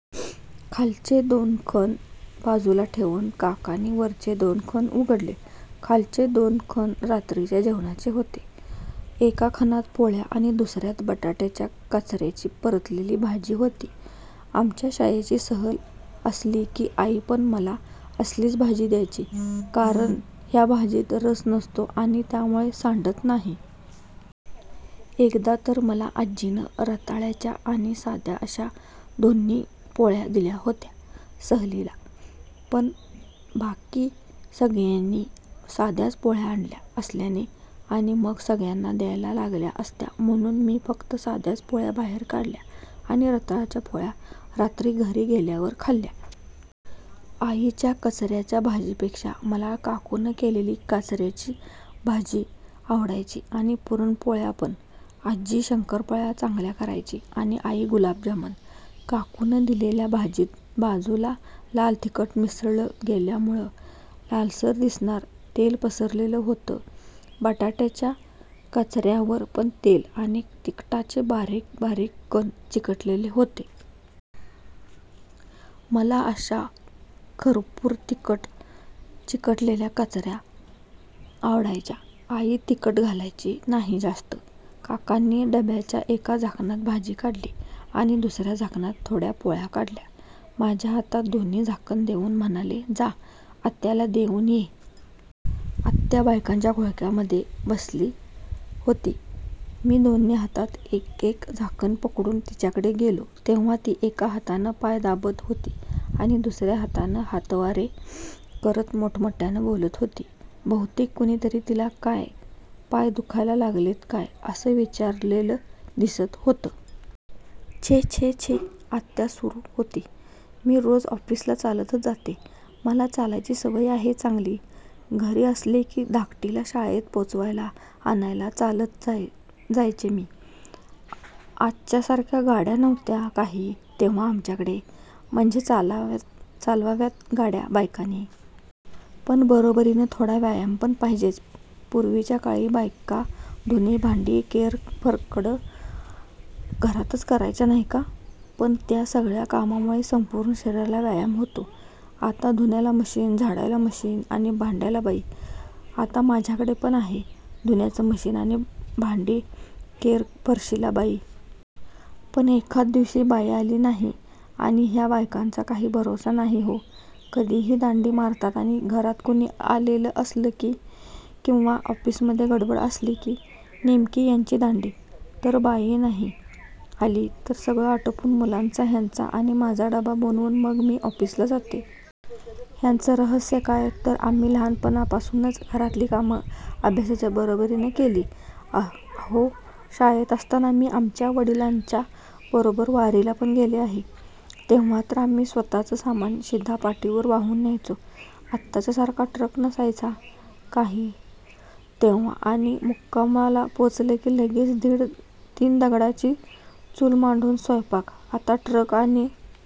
खालचे दोन खण बाजूला ठेवून काकांनी वरचे दोन खण उघडले. खालचे दोन खण रात्रीच्या जेवणाचे होते. एका खणात पोळ्या आणि दुसर्यात बटाटाच्या काचर्यांची परतलेली भाजी होती. आमच्या शाळेची सहल असली की आईपण मला असलीच भाजी द्यायची कारण ह्या भाजीत रस नसतो आणि त्यामुळे सांडत नाही. एकदा तर मला आज्जीनं रताळ्याच्या आणि साध्या अश्या दोन्ही पोळ्या दिल्या होत्या सहलीला. पण बाकी सगळ्यांनी साध्याच पोळ्या आणल्या असल्याने आणि मग सगळ्यांना द्यायला लागल्या असत्या म्हणुन मी फक्त साध्याच पोळ्या बाहेर काढल्या आणि रताळ्याच्या पोळ्या रात्री घरी आल्यावर खाल्ल्या. आईच्या काचर्यांच्या भाजीपेक्षा मला काकूनं केलेली काचर्यांची भाजी आवडायची आणि पुरणपोळ्यापण. आज्जी शंकरपाळ्या चांगल्या करायची आणि आई गुलाबजाम. काकूनं दिलेल्या भाजीत बाजूला लाल तिखट मिसळलं गेल्यामुळ लालसर दिसणार तेल पसरलेलं होतं. बटाट्याच्या काचर्यांवर पण तेल आणि तिखटाचे बारीक बारीक कण चिकटलेले होते. मला अश्या खरपूर तिखट चिकटलेल्या काचर्या आवडायच्या. आई तिखट घालायची नाही जास्त. काकांनी डब्याच्या एका झाकणात भाजी काढली आणि दुसर्या झाकणात थोड्या पोळ्या काढल्या. माझ्या हातात दोन्ही झाकणं देउन म्हणाले, जा. आत्याला देउन ये. आत्या बायकांच्या घोळक्यात मध्ये बसलेली होती. मी दोन्ही हातात एक एक झाकण पकडून तिच्याकडे गेलो तेव्हा ती एका हातानं पाय दाबत होती आणि दुसर्या हातानं हातवारे करत मोठमोठ्यानं बोलत होती. बहुतेक कुणीतरी तिला काय, पाय दुखायला लागलेत काय असं विचारलेलं दिसत होतं. छे छे छे! आत्या सुरु होती. मी रोज ऑफिसला चालतच जाते. मला चालायची सवय आहे चांगली. घरी असले की धाकटीला शाळेत पोचवायला, आणायला चालतच जायचे मी. आजच्यासारख्या गाड्या नव्हत्या काही तेव्हा आमच्याकडं. म्हणजे चालवाव्यात गाड्या बायकांनी. पण बरोबरीनं थोडा व्यायाम पण पाहिजेच. पुर्वीच्या काळी बायका धुणी-भांडी-केरफडकं घरातच करायच्या, नाही का. पण त्या सगळ्या कामामुंळे संपूर्ण शरीराला व्यायाम होतो. आता धुण्याला मशिन, झाडायला मशिन आणि भांड्याला बाई. आता माझ्याकडे पण आहे धुण्याचं मशिन आणि भांडी-केरफरशीला बाई. पण एखाद दिवशी बाई आली नाही आणि ह्या बायकांचा काही भरोसा नाही हो. कधिही दांडी मारतात आणि घरात कुणी आलेलं असलं किंवा ऑफिसमध्ये गडबड असली की नेमकी ह्यांची दांडी. तर बाई नाही आली तरी सगळं आटोपून, मुलांचा, ह्यांचा आणि माझा डबा बनवून मग मी ऑफिसला जाते. ह्याचं रहस्य काय, तर आम्ही लहानपणापासूनच घरातली कामं अभ्यासाच्या बरोबरीनं केली. अहो शाळेत असताना मी आमच्या वडिलांच्या बरोबर वारीला पण गेलेले आहे. तेव्हातर आम्ही स्वतःचं सामान, शिधा पाठीवरुन वाहून न्यायचो. आताच्या सारखा ट्रक नसायचा काही तेव्हा आणि मुक्कामाला पोचलं की लगेच तीन दगडांची चूल मांडून स्वैपाक. आता ट्रक आणि